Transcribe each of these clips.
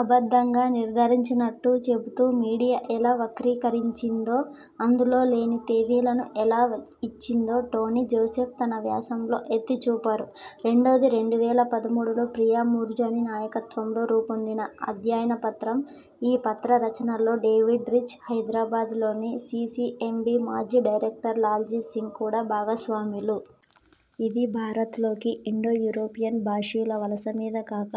అబద్ధంగా నిర్ధారించినట్టు చెబుతూ మీడియా ఎలా వక్రీకరించిందో, అందులో లేని తేదీలను ఎలా వా ఇచ్చిందో టోనీ జోసెఫ్ తన వ్యాసంలో ఎత్తిచూపారు. రెండోది, రెండు వేల పదమూడులో ప్రియా మూర్జాని నాయకత్వంలో రూపొందిన అధ్యయనపత్రం. ఈ పత్ర రచనలో డేవిడ్ రీచ్, హైదరాబాద్ లోని సీసీఎంబీ మాజీ డైరక్టర్ లాల్జీ సింగ్ కూడా భాగస్వాములు. ఇది భారత్ లోకి ఇండో యూరోపియన్ భాషీయుల వలస మీద కాక,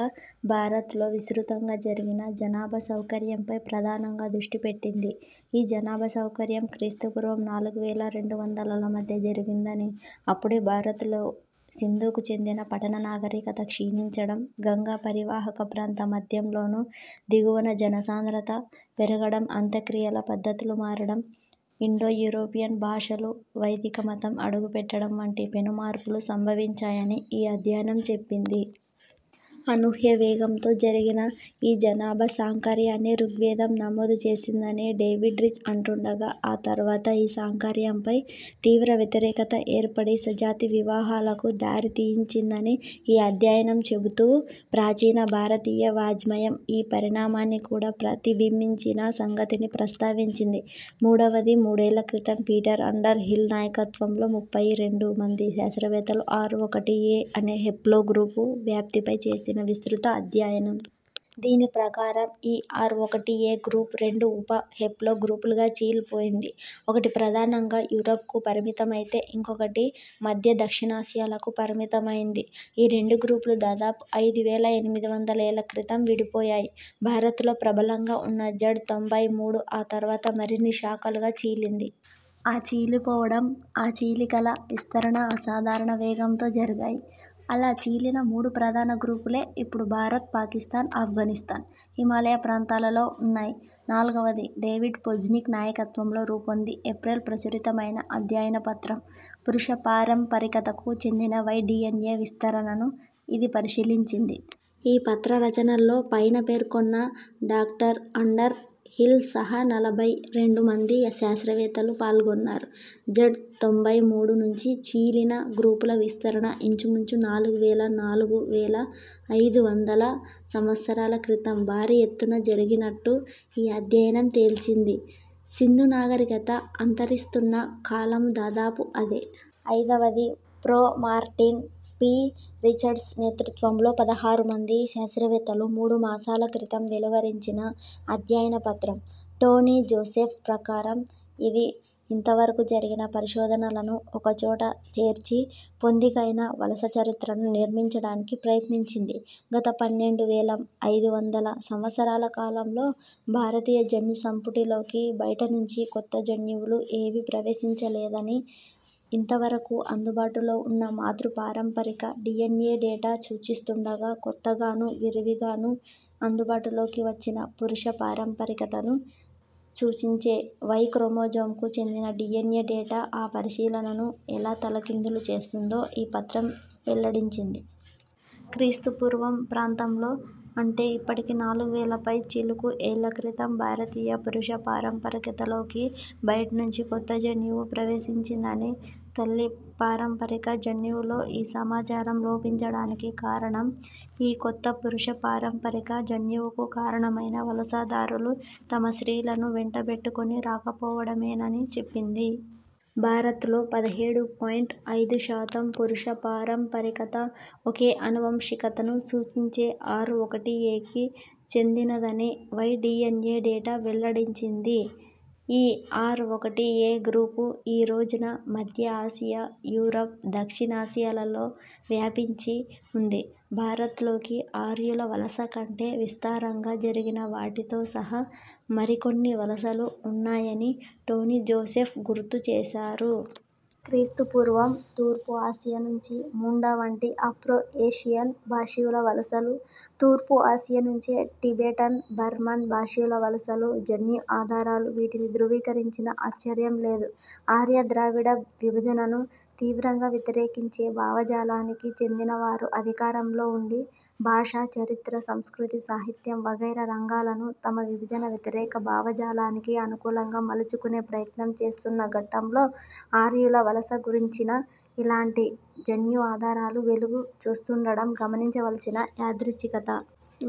భారత్ లో విస్తృతంగా జరిగిన జనాభా సాంకర్యంపై ప్రధానంగా దృష్టిపెట్టింది. ఈ జనాభా సాంకర్యం క్రీస్తుపూర్వం నాలుగు వేల రెండు వందలల మధ్య జరిగిందనీ, అప్పుడే భారత్ లో సింధుకు చెందిన పట్టణ నాగరికత క్షీణించడం, గంగా పరీవాహకప్రాంత మధ్యంలోనూ, దిగువనా జనసాంద్రత పెరగడం, అంత్యక్రియల పద్ధతులు మారడం, ఇండో యూరోపియన్ భాషలు, వైదికమతం అడుగుపెట్టడం వంటి పెనుమార్పులు సంభవించాయని ఈ అధ్యయనం చెప్పింది. అనూహ్యవేగంతో జరిగిన ఈ జనాభా సాంకర్యాన్ని ఋగ్వేదం నమోదు చేసిందని డేవిడ్ రీచ్ అంటుండగా, ఆ తర్వాత ఈ సాంకర్యంపై తీవ్ర వ్యతిరేకత ఏర్పడి సజాతివివాహాలకు దారితీయించిందని ఈ అధ్యయనం చెబుతూ ప్రాచీన భారతీయ వాఙ్మయం ఈ పరిణామాన్ని కూడా ప్రతిబింబించిన సంగతిని ప్రస్తావించింది. మూడవది, మూడేళ్ళ క్రితం పీటర్ అండర్ హిల్ నాయకత్వంలో ముప్పైరెండు మంది శాస్త్రవేత్తలు ఆర్ఒకటిఏ అనే హెప్లోగ్రూపు వ్యాప్తిపై చేసిన విస్తృత అధ్యయనం. దీని ప్రకారం, ఈ ఆర్ఒకటిఏ గ్రూపు రెండు ఉప హేప్లో గ్రూపులుగా చీలిపోయింది. ఒకటి ప్రధానంగా యూరప్ కు పరిమితమైతే ఇంకొకటి మధ్య, దక్షిణాసియాలకు పరిమితమైంది. ఈ రెండు గ్రూపులు దాదాపు ఐదు వేల ఎనిమిది వందల ఏళ్ల క్రితం విడిపోయాయి. భారత్ లో ప్రబలంగా ఉన్న జడ్ తొంభై మూడు ఆ తర్వాత మరిన్ని శాఖలుగా చీలింది. ఆ చీలిపోవడమూ, ఆ చీలికల విస్తరణా అసాధారణ వేగంతో జరిగాయి. అలా చీలిన మూడు ప్రధాన గ్రూపులే ఇప్పుడు భారత్, పాకిస్థాన్, అఫ్ఘానిస్తాన్, హిమాలయ ప్రాంతాలలో ఉన్నాయి. నాలుగవది, డేవిడ్ పోజ్నిక్ నాయకత్వంలో రూపొంది ఏప్రిల్లో ప్రచురితమైన అధ్యయనపత్రం. పురుష పారంపరికతకు చెందిన వై డీఎన్ఏ విస్తరణను ఇది పరిశీలించింది. ఈ పత్రరచనలో పైన పేర్కొన్న డా. అండర్ హిల్ సహా నలభైరెండు మంది శాస్త్రవేత్తలు పాల్గొన్నారు. జడ్ తొంభైమూడు నుంచి చీలిన గ్రూపుల విస్తరణ ఇంచుమించు నాలుగు వేల నాలుగు వేల ఐదు వందల సంవత్సరాల క్రితం భారీఎత్తున జరిగినట్టు ఈ అధ్యయనం తేల్చింది. సింధు నాగరికత అంతరిస్తున్న కాలమూ దాదాపు అదే. అయిదవది, ప్రొ. Martin P. రిచర్డ్స్ నేతృత్వంలో పదహారుమంది శాస్త్రవేత్తలు మూడు మాసాల క్రితం వెలువరించిన అధ్యయనపత్రం. టోనీ జోసెఫ్ ప్రకారం, ఇది ఇంతవరకు జరిగిన పరిశోధనలను ఒకచోట చేర్చి, పొందికైన వలసచరిత్రను నిర్మించడానికి ప్రయత్నించింది. గత పన్నెండు వేల ఐదు వందల సంవత్సరాల కాలంలో భారతీయ జన్యుసంపుటిలోకి బయటనుంచి కొత్త జన్యువులు ఏవీ ప్రవేశించలేదని, ఇంతవరకు అందుబాటులో ఉన్న మాతృపారంపరిక డీఎన్ఏ డేటా సూచిస్తుండగా, కొత్తగానూ విరివిగానూ అందుబాటులోకి వచ్చిన పురుషపారంపరికతను సూచించే వై క్రోమోజోమ్కు చెందిన డీఎన్ఏ డేటా ఆ పరిశీలనను ఎలా తలకిందులు చేస్తోందో ఈ పత్రం వెల్లడించింది. క్రీస్తుపూర్వం ప్రాంతంలో, అంటే ఇప్పటికి నాలుగువేల పై చిలుకు ఏళ్ల క్రితం భారతీయ పురుష పారంపరికతలోకి బయటనుంచి కొత్తజన్యువు ప్రవేశించిందని, తల్లి పారంపరిక జన్యువులో ఈ సమాచారం లోపించడానికి కారణం, ఈ కొత్త పురుష పారంపరిక జన్యువుకు కారణమైన వలసదారులు తమ స్త్రీలను వెంటబెట్టుకుని రాకపోవడమేనని చెప్పింది. భారత్లో పదిహేడు పాయింట్ ఐదు శాతం పురుష పారంపరికత- ఒకే ఆనువంశికతను సూచించే ఆర్ఒకటిఏకి చెందినదని వై డీఎన్ఏ డేటా వెల్లడించింది. ఈ ఆర్ఒకటిఏ గ్రూపు ఈరోజున మధ్య ఆసియా, యూరప్, దక్షిణాసియాలలో వ్యాపించి ఉంది. భారత్లోకి ఆర్యుల వలసకంటే విస్తారంగా జరిగిన వాటితో సహా మరికొన్ని వలసలు ఉన్నాయనీ టోనీ జోసెఫ్ గుర్తుచేశారు. క్రీస్తుపూర్వం తూర్పుఆసియా నుంచి ముండా వంటి ఆఫ్రో ఏషియన్ భాషీయుల వలసలు. తూర్పుఆసియా నుంచే టిబెటన్ బర్మన్ భాషీయుల వలసలు. జన్యుఆధారాలు వీటినీ ధ్రువీకరించినా ఆశ్చర్యంలేదు. ఆర్య ద్రవిడ విభజనను తీవ్రంగా వ్యతిరేకించే భావజాలానికి చెందినవారు అధికారంలో ఉండి, భాష, చరిత్ర, సంస్కృతి, సాహిత్యం వగైరా రంగాలను తమ విభజన వ్యతిరేక భావజాలానికి అనుకూలంగా మలచుకునే ప్రయత్నం చేస్తున్న ఘట్టంలో ఆర్యుల వలస గురించిన ఇలాంటి జన్యుఆధారాలు వెలుగు చూస్తుండడం గమనించవలసిన యాదృచ్ఛికత.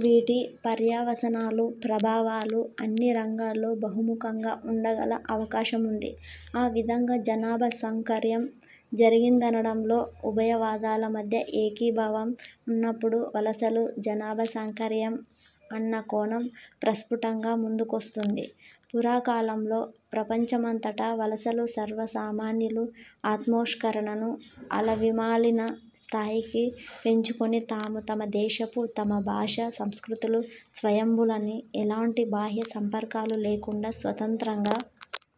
వీటి పర్యవసానాలు, ప్రభావాలు అన్ని రంగాల్లో బహుముఖంగా ఉండగల అవకాశముంది. ఆవిధంగా జనాభా సాంకర్యం జరిగిందనడంలో ఉభయవాదాల మధ్య ఏకీభావం ఉన్నప్పుడు, 'వలసలు జనాభాసాంకర్యం' అన్న కోణం ప్రస్ఫుటంగా ముందుకొస్తుంది. పురాకాలంలో ప్రపంచమంతటా వలసలు సర్వసామాన్యాలు. ఆత్మోత్కర్షను అలవిమాలిన స్థాయికి పెంచుకుని తామూ, తమ దేశమూ, తమ భాషా, సంస్కృతులూ స్వయంభువులని, ఎలాంటి బాహ్యసంపర్కాలూ లేకుండా స్వతంత్రంగా